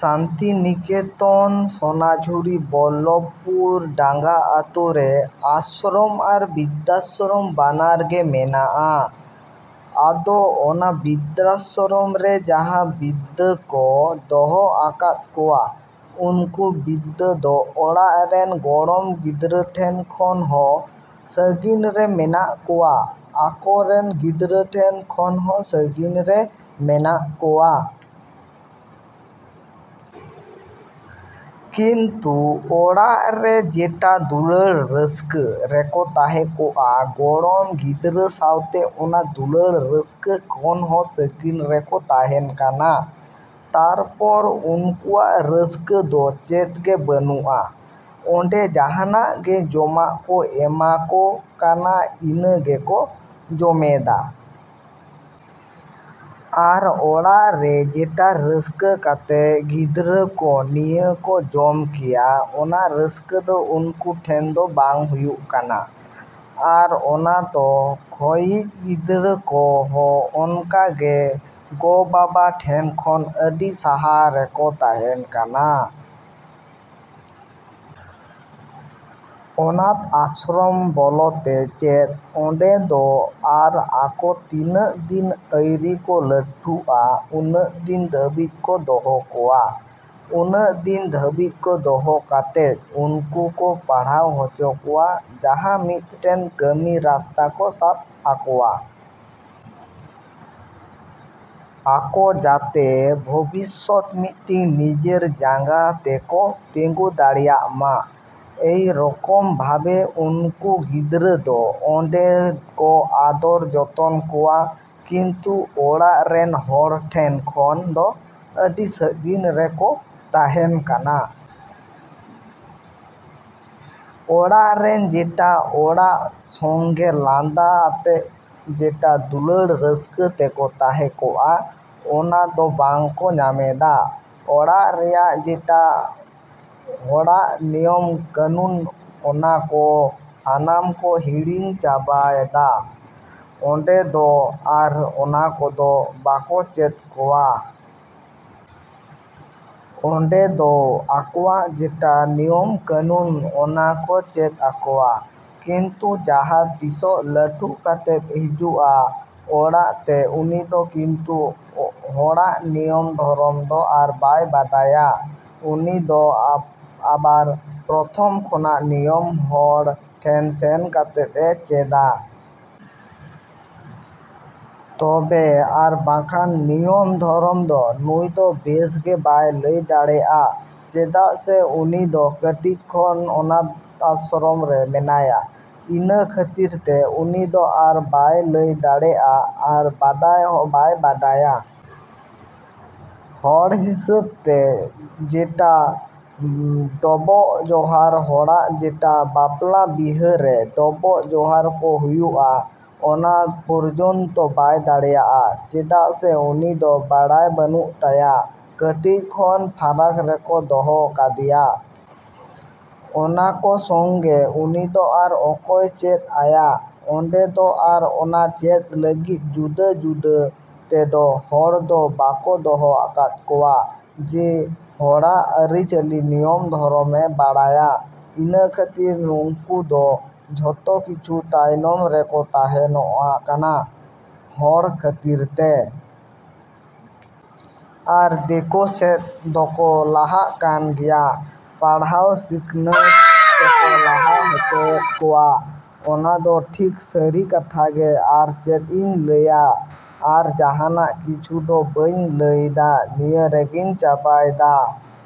‎ᱥᱟᱱᱛᱤᱱᱤᱠᱮᱛᱚᱱ ᱥᱚᱱᱟᱡᱷᱩᱨᱤ ᱵᱚᱞᱞᱚᱵᱽᱯᱩᱨ ᱰᱟᱝᱜᱟ ᱟᱛᱳ ᱨᱮ ᱟᱥᱨᱚᱢ ᱟᱨ ᱵᱨᱤᱫᱽᱫᱷᱟᱥᱨᱚᱢ ᱵᱟᱱᱟᱨ ᱜᱮ ᱢᱮᱱᱟᱜᱼᱟ᱾ ᱟᱫᱚ ᱚᱱᱟ ᱵᱨᱤᱫᱽᱫᱷᱟᱥᱨᱚᱢ ᱨᱮ ᱡᱟᱦᱟᱸ ᱵᱨᱤᱫᱽᱫᱷᱟ ᱠᱚ ᱫᱚᱦᱚ ᱟᱠᱟᱫ ᱠᱚᱣᱟ, ᱩᱱᱠᱩ ᱵᱨᱤᱫᱽᱫᱷᱟ ᱫᱚ ᱚᱲᱟᱜ ᱨᱮᱱ ᱜᱚᱲᱚᱢ ᱜᱤᱫᱽᱨᱟᱹ ᱴᱷᱮᱱ ᱠᱷᱚᱱ ᱦᱚᱸ ᱥᱟᱹᱜᱤᱧ ᱨᱮ ᱢᱮᱱᱟᱜ ᱠᱚᱣᱟ, ᱟᱠᱚ ᱨᱮᱱ ᱜᱤᱫᱽᱨᱟᱹ ᱴᱷᱮᱱ ᱠᱷᱚᱱ ᱦᱚᱸ ᱥᱟᱹᱜᱤᱧ ᱨᱮ ᱢᱮᱱᱟᱜ ᱠᱚᱣᱟ᱾ ᱠᱤᱱᱛᱩ ᱚᱲᱟᱜ ᱨᱮ ᱡᱮᱴᱟ ᱫᱩᱞᱟᱹᱲ ᱨᱟᱹᱥᱠᱟᱹ ᱨᱮᱠᱚ ᱛᱟᱦᱮᱸ ᱠᱚᱜᱼᱟ ᱜᱚᱲᱚᱢ ᱜᱤᱫᱽᱨᱟᱹ ᱥᱟᱶᱛᱮ, ᱚᱱᱟ ᱫᱩᱞᱟᱹᱲ ᱨᱟᱹᱥᱠᱟᱹ ᱠᱷᱚᱱ ᱦᱚᱸ ᱥᱟᱹᱜᱤᱧ ᱨᱮᱠᱚ ᱛᱟᱦᱮᱱ ᱠᱟᱱᱟ᱾ ᱛᱟᱨᱯᱚᱨ ᱩᱱᱠᱩᱣᱟᱜ ᱨᱟᱹᱥᱠᱟᱹ ᱫᱚ ᱪᱮᱫ ᱜᱮ ᱵᱟᱹᱱᱩᱜᱼᱟ᱾ ᱚᱸᱰᱮ ᱡᱟᱦᱟᱱᱟᱜ ᱜᱮ ᱡᱚᱢᱟᱜ ᱠᱚ ᱮᱢᱟ ᱠᱚ ᱠᱟᱱᱟ, ᱤᱱᱟᱹ ᱜᱮᱠᱚ ᱡᱚᱢᱮᱫᱟ᱾ ᱟᱨ ᱚᱲᱟᱜ ᱨᱮ ᱡᱮᱴᱟ ᱨᱟᱹᱥᱠᱟᱹ ᱠᱟᱛᱮ ᱜᱤᱫᱽᱨᱟᱹ ᱠᱚ ᱱᱤᱭᱟᱹ ᱠᱚ ᱡᱚᱢ ᱠᱮᱭᱟ, ᱚᱱᱟ ᱨᱟᱹᱥᱠᱟᱹ ᱫᱚ ᱩᱱᱠᱩ ᱴᱷᱮᱱ ᱫᱚ ᱵᱟᱝ ᱦᱩᱭᱩᱜ ᱠᱟᱱᱟ᱾ ᱟᱨ ᱚᱱᱟᱛᱷ ᱠᱚᱭᱤᱡ ᱜᱤᱫᱽᱨᱟᱹ ᱠᱚ ᱦᱚᱸ ᱚᱱᱠᱟ ᱜᱮ ᱜᱚᱼᱵᱟᱵᱟ ᱴᱷᱮᱱ ᱠᱷᱚᱱ ᱟᱹᱰᱤ ᱥᱟᱦᱟ ᱨᱮᱠᱚ ᱛᱟᱦᱮᱱ ᱠᱟᱱᱟ᱾ ᱚᱱᱟᱛᱷ ᱟᱥᱨᱚᱢ ᱵᱚᱞᱛᱮ ᱪᱮᱫ? ᱚᱸᱰᱮ ᱫᱚ ᱟᱨ ᱟᱠᱚ ᱛᱤᱱᱟᱹᱜ ᱫᱤᱱ ᱟᱹᱣᱨᱤ ᱠᱚ ᱞᱟᱹᱴᱩᱜᱼᱟ, ᱩᱱᱟᱹᱜ ᱫᱤᱱ ᱫᱷᱟᱹᱵᱤᱡ ᱠᱚ ᱫᱚᱦᱚ ᱠᱚᱣᱟ᱾ ᱩᱱᱟᱹᱜ ᱫᱤᱱ ᱫᱷᱟᱹᱵᱤᱡ ᱠᱚ ᱫᱚᱦᱚ ᱠᱟᱛᱮ ᱩᱱᱠᱩ ᱠᱚ ᱯᱟᱲᱦᱟᱣ ᱦᱚᱪᱚ ᱠᱚᱣᱟ, ᱡᱟᱦᱟᱸ ᱢᱤᱫᱴᱮᱱ ᱠᱟᱹᱢᱤ ᱨᱟᱥᱛᱟ ᱠᱚ ᱥᱟᱵ ᱟᱠᱚᱣᱟ᱾ ᱟᱠᱚ ᱡᱟᱛᱮ ᱵᱷᱚᱵᱤᱥᱚᱛ ᱢᱤᱫᱴᱮᱱ ᱱᱤᱡᱮᱨ ᱡᱟᱸᱜᱟ ᱛᱮ ᱠᱚ ᱛᱮᱜᱳ ᱫᱟᱲᱮᱭᱟᱜ ᱢᱟ᱾ ᱮᱭ ᱨᱚᱠᱚᱢ ᱵᱷᱟᱵᱮ ᱱᱩᱠᱩ ᱜᱤᱫᱽᱨᱟᱹ ᱫᱚ ᱚᱸᱰᱮ ᱠᱚ ᱟᱫᱚᱨ ᱡᱚᱛᱚᱱ ᱠᱚᱣᱟ᱾ ᱠᱤᱱᱛᱩ ᱚᱲᱟᱜ ᱨᱮᱱ ᱦᱚᱲ ᱴᱷᱮᱱ ᱠᱷᱚᱱ ᱫᱚ ᱟᱹᱰᱤ ᱥᱟᱹᱜᱤᱧ ᱨᱮᱠᱚ ᱛᱟᱦᱮᱱ ᱠᱟᱱᱟ᱾ ᱚᱲᱟᱜ ᱨᱮᱱ ᱡᱮᱴᱟ ᱚᱲᱟᱜ ᱥᱚᱝᱜᱮ ᱞᱟᱸᱫᱟ ᱟᱛᱮ ᱡᱮᱴᱟ ᱫᱩᱞᱟᱹᱲ ᱨᱟᱹᱥᱠᱟᱹ ᱛᱮᱠᱚ ᱛᱟᱦᱮᱸ ᱠᱚᱜᱼᱟ, ᱚᱱᱟ ᱫᱚ ᱵᱟᱝ ᱠᱚ ᱧᱟᱢᱮᱫᱟ᱾ ᱚᱲᱟᱜ ᱨᱮᱭᱟᱜ ᱡᱮᱴᱟ ᱦᱚᱲᱟᱜ ᱱᱤᱭᱚᱢ ᱠᱟᱹᱱᱩᱱ, ᱚᱱᱟ ᱠᱚ ᱥᱟᱱᱟᱢ ᱠᱚ ᱦᱤᱲᱤᱧ ᱪᱟᱵᱟᱭᱫᱟ᱾ ᱚᱸᱰᱮ ᱫᱚ ᱟᱨ ᱚᱱᱟ ᱠᱚᱫᱚ ᱵᱟᱠᱚ ᱪᱮᱫ ᱟᱠᱚᱣᱟ᱾ ᱚᱸᱰᱮ ᱫᱚ ᱟᱠᱚᱣᱟᱜ ᱡᱮᱴᱟ ᱱᱤᱭᱚᱢ ᱠᱟᱹᱱᱩᱱ, ᱚᱱᱟ ᱠᱚ ᱪᱮᱫ ᱟᱠᱚᱣᱟ᱾ ᱠᱤᱱᱛᱩ ᱡᱟᱦᱟᱸ ᱛᱤᱥᱚᱜ ᱞᱟᱹᱴᱩ ᱠᱟᱛᱮᱫ ᱦᱤᱡᱩᱜᱼᱟ ᱚᱲᱟᱜ ᱛᱮ, ᱩᱱᱤ ᱫᱚ ᱠᱤᱱᱛᱩ ᱦᱚᱲᱟᱜ ᱱᱤᱭᱚᱢ ᱫᱷᱚᱨᱚᱢ ᱫᱚ ᱟᱨ ᱵᱟᱭ ᱵᱟᱰᱟᱭᱟ᱾ ᱩᱱᱤ ᱫᱚ ᱟᱵᱟᱨ ᱯᱨᱚᱛᱷᱚᱢ ᱠᱷᱚᱱᱟᱜ ᱱᱤᱭᱚᱢ ᱦᱚᱲ ᱴᱷᱮᱱ ᱥᱮᱱ ᱠᱟᱛᱮᱫ ᱮ ᱪᱮᱫᱟ᱾ ᱛᱚᱵᱮᱭ ᱟᱨ ᱵᱟᱝᱠᱷᱟᱱ ᱱᱤᱭᱚᱢ ᱫᱷᱚᱨᱚᱢ ᱫᱚ ᱱᱩᱭ ᱫᱚ ᱵᱮᱥ ᱜᱮ ᱵᱟᱭ ᱞᱟᱹᱭ ᱫᱟᱲᱮᱭᱟᱜᱼᱟ᱾ ᱪᱮᱫᱟᱜ ᱥᱮ ᱩᱱᱤ ᱫᱚ ᱠᱟᱹᱴᱤᱡ ᱠᱷᱚᱱ ᱚᱱᱟᱛᱷ ᱟᱥᱨᱚᱢ ᱨᱮ ᱢᱮᱱᱟᱭᱟ᱾ ᱤᱱᱟᱹ ᱠᱷᱟᱹᱛᱤᱨ ᱛᱮ ᱩᱱᱤ ᱫᱚ ᱟᱨ ᱵᱟᱭ ᱞᱟᱹᱭ ᱫᱟᱲᱮᱭᱟᱜᱼᱟ ᱟᱨ ᱵᱟᱰᱟᱭ ᱦᱚᱸ ᱵᱟᱭ ᱵᱟᱰᱟᱭᱟ᱾ ᱦᱚᱲ ᱦᱤᱥᱟᱹᱵᱽ ᱛᱮ ᱡᱮᱴᱟ ᱰᱚᱵᱚᱜ ᱡᱚᱦᱟᱨ, ᱦᱚᱲᱟᱜ ᱡᱮᱴᱟ ᱵᱟᱯᱞᱟ ᱵᱤᱦᱟᱹ ᱨᱮ ᱰᱚᱵᱚᱜ ᱡᱚᱦᱟᱨ ᱠᱚ ᱦᱩᱭᱩᱜᱼᱟ, ᱚᱱᱟ ᱯᱚᱨᱡᱚᱱᱛᱚ ᱵᱟᱭ ᱫᱟᱲᱮᱭᱟᱜᱼᱟ᱾ ᱪᱮᱫᱟᱜ ᱥᱮ ᱩᱱᱤ ᱫᱚ ᱵᱟᱲᱟᱭ ᱵᱟᱹᱱᱩᱜ ᱛᱟᱭᱟ ᱾ ᱠᱟᱹᱴᱤᱡ ᱠᱷᱚᱱ ᱯᱷᱟᱨᱟᱠ ᱨᱮᱠᱚ ᱫᱚᱦᱚ ᱠᱟᱫᱮᱭᱟ᱾ ᱚᱱᱟ ᱠᱚ ᱥᱚᱝᱜᱮ ᱩᱱᱤ ᱫᱚ ᱟᱨ ᱚᱠᱚᱭ ᱪᱮᱫ ᱟᱭᱟ? ᱚᱸᱰᱮ ᱫᱚ ᱟᱨ ᱚᱱᱟ ᱪᱮᱫ ᱞᱟᱹᱜᱤᱫ ᱡᱩᱫᱟᱹ ᱡᱩᱫᱟᱹ ᱛᱮᱫᱚ ᱦᱚᱲ ᱫᱚ ᱵᱟᱠᱚ ᱫᱚᱦᱚ ᱟᱠᱟᱫ ᱠᱚᱣᱟ ᱡᱮ ᱦᱚᱲᱟᱜ ᱟᱹᱨᱤᱪᱟᱹᱞᱤ ᱱᱤᱭᱚᱢ ᱫᱷᱚᱨᱚᱢ ᱮ ᱵᱟᱲᱟᱭᱟ᱾ ᱤᱱᱟᱹ ᱠᱷᱟᱹᱛᱤᱨ ᱩᱱᱠᱩ ᱫᱚ ᱡᱷᱚᱛᱚ ᱠᱤᱪᱷᱩ ᱛᱟᱭᱱᱚᱢ ᱨᱮᱠᱚ ᱛᱟᱦᱮᱱᱚᱜ ᱠᱟᱱᱟ ᱦᱚᱲ ᱠᱷᱟᱹᱛᱤᱨ ᱛᱮ᱾ ᱟᱨ ᱫᱮᱠᱚ ᱥᱮᱫ ᱫᱚᱠᱚ ᱞᱟᱦᱟᱜ ᱠᱟᱱ ᱜᱮᱭᱟ᱾ ᱯᱟᱲᱦᱟᱣ ᱥᱤᱠᱷᱱᱟᱹᱛ ᱛᱮᱠᱚ ᱞᱟᱦᱟ ᱦᱚᱪᱚᱭᱮᱫ ᱠᱚᱣᱟ᱾ ᱚᱱᱟ ᱫᱚ ᱴᱷᱤᱠ ᱥᱟᱹᱨᱤ ᱠᱟᱛᱷᱟ ᱜᱮ᱾ ᱟᱨ ᱪᱮᱫ ᱤᱧ ᱞᱟᱹᱭᱟ, ᱟᱨ ᱡᱟᱦᱟᱱᱟᱜ ᱠᱤᱪᱷᱩ ᱫᱚ ᱵᱟᱹᱧ ᱞᱟᱹᱭᱫᱟ᱾ ᱱᱤᱭᱟᱹ ᱨᱮᱜᱮᱧ ᱪᱟᱵᱟᱭᱫᱟ᱾।